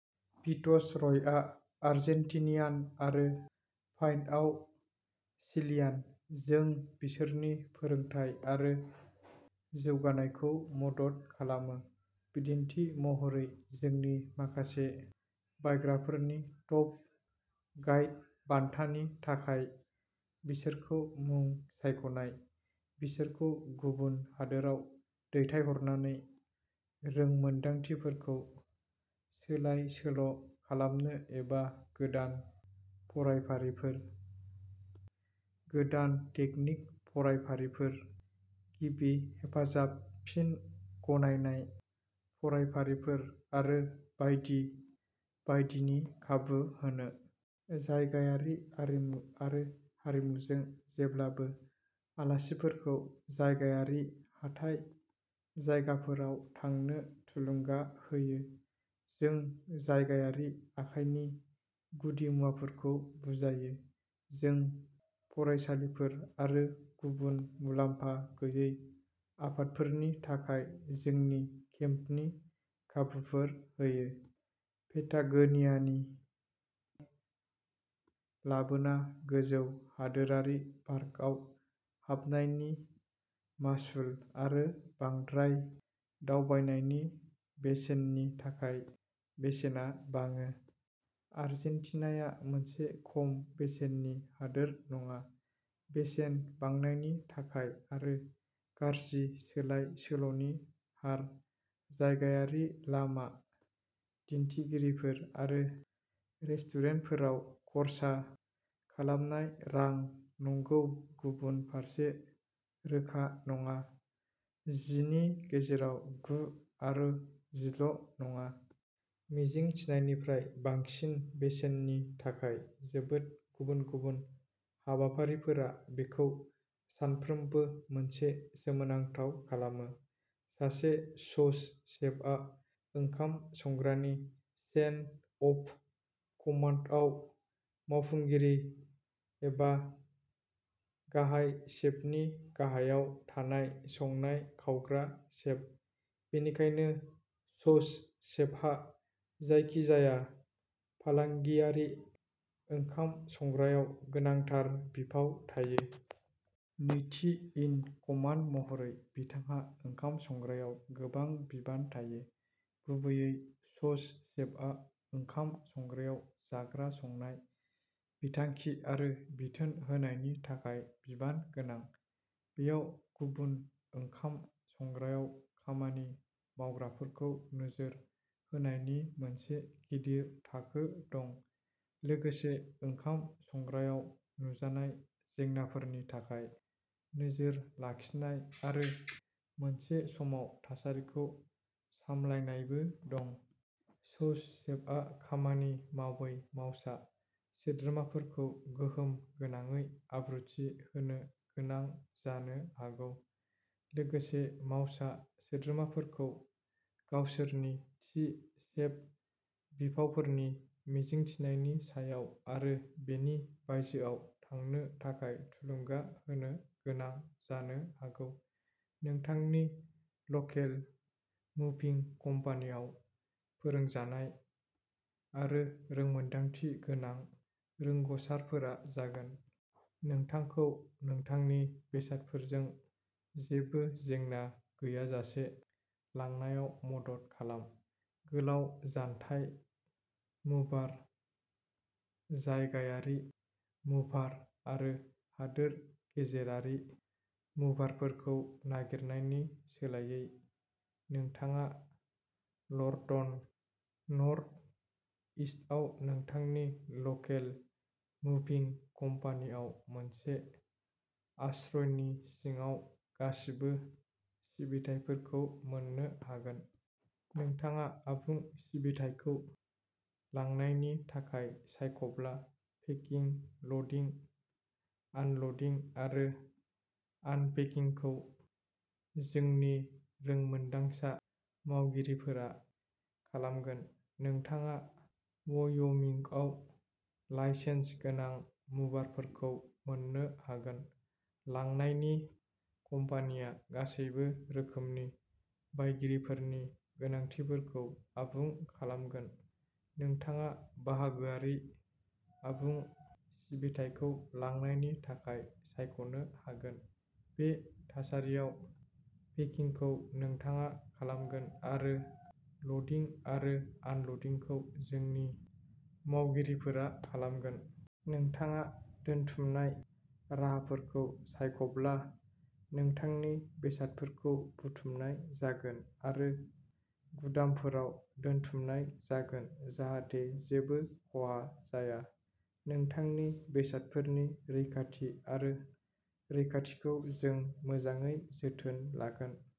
Fitz रयआव Argentinian आरो पाइनआव चिलियान। जों बिसोरनि फोरोंथाय आरो जौगानायखौ मदद खालामो, बिदिन्थि महरै, जोंनि माखासे बायग्राफोरनि टप गाइड बान्थानि थाखाय बिसोरखौ मुं सायख'नाय, बिसोरखौ गुबुन हादोराव दैथायहरनानै रोंमोनदांथिफोरखौ सोलाय सोल' खालामनो एबा गोदान फरायफारिफोर, गोदान तेकनिक फरायफारिफोर, गिबि हेफाजाब फिन गनायनाय फरायफारिफोर आरो बायदि बायदिनि खाबु होनो। जायगायारि आरिमु आरो हारिमुजों जेब्लाबो आलासिफोरखौ जायगायारि हाथाइ जायगाफोराव थांनो थुलुंगा होयो, जों जायगायारि आखाइनि गुदिमुवाफोरखौ बुजायो। जों फरायसालिफोर आरो गुबुन मुलाम्फा गैयै आफादफोरनि थाखाय जोंनि केम्पनि खाबुफोर होयो। पेटागोनियानि समायना नुथायाव हाइकिं आरो केम्पिं बांद्राय लाबोना गोजौ हादोरारि पार्कआव हाबनायनि मासुल आरो बांद्राय दावबायनायनि बेसेननि थाखाय बेसेना बाङो। आर्जेन्टिनाया मोनसे खम बेसेननि हादोर नङा, बेसेन बांनायनि थाखाय आरो गाज्रि सोलाय सोल'नि हार जायगायारि लामा दिन्थिगिरिफोर आरो रेस्टुरेन्टफोराव खर्सा खालामनाय रां, नंगौ। गुबुन फारसे रोखा नङा। जिनि गेजेराव गु आरो जिल' नङा। मिजिंथिनायनिफ्राय बांसिन बेसेननि थाखाय जोबोद गुबुन गुबुन हाबाफारिफोरा बेखौ सानफ्रोमबो मोनसे सोमोनांथाव खालामो। सासे सौस सेफआ ओंखाम संग्रानि चेन अफ कमान्डआव मावफुंगिरि एबा गाहाय सेफनि गाहायाव थानाय संनाय खावग्रा सेफ। बेनिखायनो, सौस शेफहा जायखिजाया फालांगियारि ओंखाम संग्रायाव गोनांथार बिफाव थायो। नैथि इन कमान्ड महरै, बिथांहा ओंखाम संग्रायाव गोबां बिबान थायो। गुबैयै, सौस शेफआ ओंखाम संग्रायाव जाग्रा संनाय बिथांखि आरो बिथोन होनायनि थाखाय बिबान गोनां। बेयाव गुबुन ओंखाम संग्रायाव खामानि मावग्राफोरखौ नोजोर होनायनि मोनसे गिदिर थाखो दं, लोगोसे ओंखाम संग्रायाव नुजानाय जेंनाफोरनि थाखाय नोजोर लाखिनाय आरो मोनसे समाव थासारिखौ सामलायनायबो दं। सौस शेफआ खामानि मावै मावसा सोद्रोमाफोरखौ गोहोम गोनाङै आब्रुथि होनो गोनां जानो हागौ, लोगोसे मावसा सोद्रोमाफोरखौ गावसोरनिथि सेफ बिफावफोरनि मिजिंथिनायनि सायाव आरो बेनि बायजोआव थांनो थाखाय थुलुंगा होनो गोनां जानो हागौ। नोंथांनि लकेल मुभिं कम्पानीआव, फोरोंजानाय आरो रोंमोनदांथि गोनां रोंग'साफोरा जागोन। नोंथांखौ नोंथांनि बेसादफोरखौ जेबो जेंना गैयाजासे लांनायाव मदद खालाम। गोलाव जानथाय मुभार, जायगायारि मुभार आरो हादोर गेजेरारि मुभारफोरखौ नागिरनायनि सोलायै, नोंथाङा लर्टन, नर्थ इस्थआव नोंथांनि लकेल मुभिं कम्पानीआव मोनसे आश्रयनि सिङाव गासिबो सिबिथाइफोरखौ मोन्नो हागोन। नोंथाङा आबुं सिबिथाइखौ लांनायनि थाखाय सायख'ब्ला, पेकिं, ल'डिं, आनल'डिं आरो आनपेकिंखौ जोंनि रोंमोन्दांसा मावगिरिफोरा खालामगोन। नोंथाङा व'य'मिंआव लाइसेन्स गोनां मुभारफोरखौ मोन्नो हागोन। लांनायनि कम्पानिया गासैबो रोखोमनि बायगिरिफोरनि गोनांथिफोरखौ आबुं खालामगोन। नोंथाङा बाहागोआरि आबुं सिबिथाइखौ लांनायनि थाखाय सायख'नो हागोन, बे थासारियाव पेकिंखौ नोंथाङा खालामगोन आरो ल'डिं आरो आनल'डिंखौ जोंनि मावगिरिफोरा खालामगोन। नोंथाङा दोनथुमनाय राहाफोरखौ सायख'ब्ला, नोंथांनि बेसादफोरखौ बुथुमनाय जागोन आरो गुदामफोराव दोनथुमनाय जागोन जाहाथे जेबो खहा जाया। नोंथांनि बेसादफोरनि रैखाथि आरो रैखाथिखौ जों मोजाङै जोथोन लागोन।